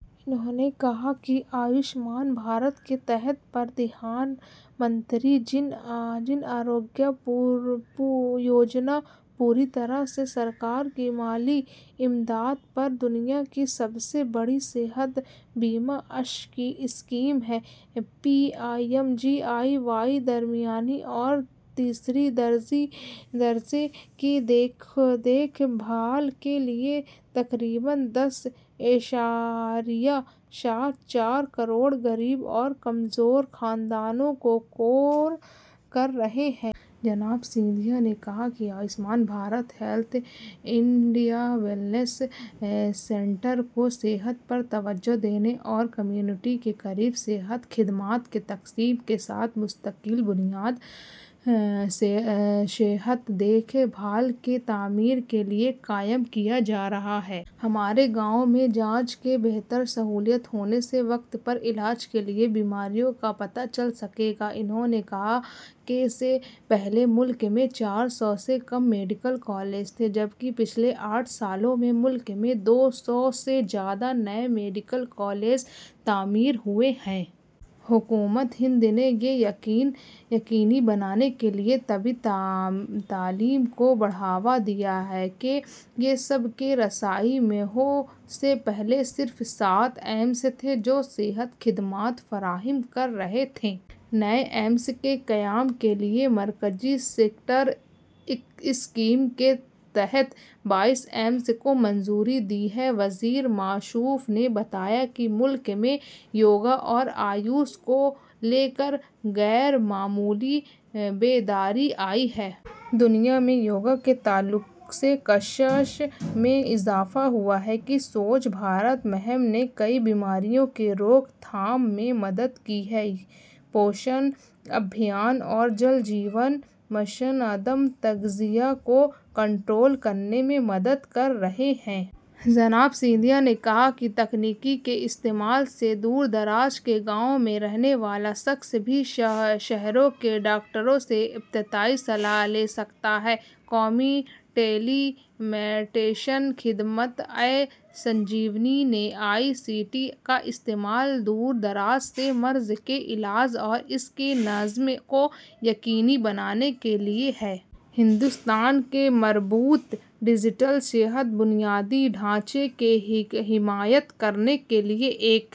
انہوں نے کہا کہ آیوشمان بھارت کے تحت پردھان منتری جن آروگیہ یوجنا پوری طرح سے سرکار کی مالی امداد پر دنیا کی سب سے بڑی صحت بیمہ اسکیم ہے۔ پی ایم-جے اے وائی درمیانی اور تیسرے درجے کی دیکھ بھال کے لئے تقریباً دس اعشاریہ سات چار کروڑ غریب اور کمزور خاندانوں کو کور کررہی ہے۔ جناب سندھیا نے کہا کہ Ayushman Bharat health and wellness centre کو صحت پر توجہ دینے اور کمیونٹی کے قریب صحت خدمات کی تقسیم کے ساتھ مستقل بنیادی صحت دیکھ بھال کی تعمیر کے لئے قائم کیا جارہا ہے۔ ہمارے گاؤں میں جانچ کی بہتر سہولت ہونے سے وقت پر علاج کے لئے بیماریوں کا پتہ چل سکے گا۔ انہوں نے کہا کہ سے پہلے ملک میں چار سو سے کم میڈیکل کالج تھے، جبکہ پچھلے آٹھ سالوں میں ملک میں دو سو سے زیادہ نئے میڈیکل کالج تعمیر ہوئے ہیں۔ حکومت ہند نے یہ یقینی بنانے کے لئے طبی تعلیم کو بڑھاوا دیا ہے کہ یہ سب کی رسائی میں ہو۔ سے پہلے صرف سات ایمس تھے، جو صحت خدمات فراہم کررہے تھے۔ نئے ایمس کے قیام کے لئے مرکزی سیکٹر اسکیم کے تحت بائیس ایمس کو منظوری دی ہے۔ وزیر موصوف نے بتایا کہ ملک میں یوگا اور آیوش کو لے کر غیر معمولی بیداری آئی ہے۔ دنیا میں یوگا کے تعلق سے کشش میں اضافہ ہوا ہے۔ سوچھ بھارت مہم نے کئی بیماریوں کی روک تھام میں مدد کی ہے۔ پوشن ابھیان اور جل جیون مشن عدم تغذیہ کو کنٹرول کرنے میں مدد کررہے ہیں۔ جناب سندھیا نے کہا کہ تکنیک کے استعمال سے دور دراز کے گاؤں میں رہنے والا شخص بھی شہروں کے ڈاکٹروں سے ابتدائی صلاح لے سکتا ہے۔ قومی ٹیلی میڈیسن خدمت-ای سنجیونی نے آئی سی ٹی کا استعمال دور دراز سے مرض کے علاج اور اس کے نظم کو یقینی بنانے کے لئے ہے۔ ہندوستان کے مربوط ڈیجیٹل صحت بنیادی ڈھانچے کی حمایت کرنے کے لئے ایک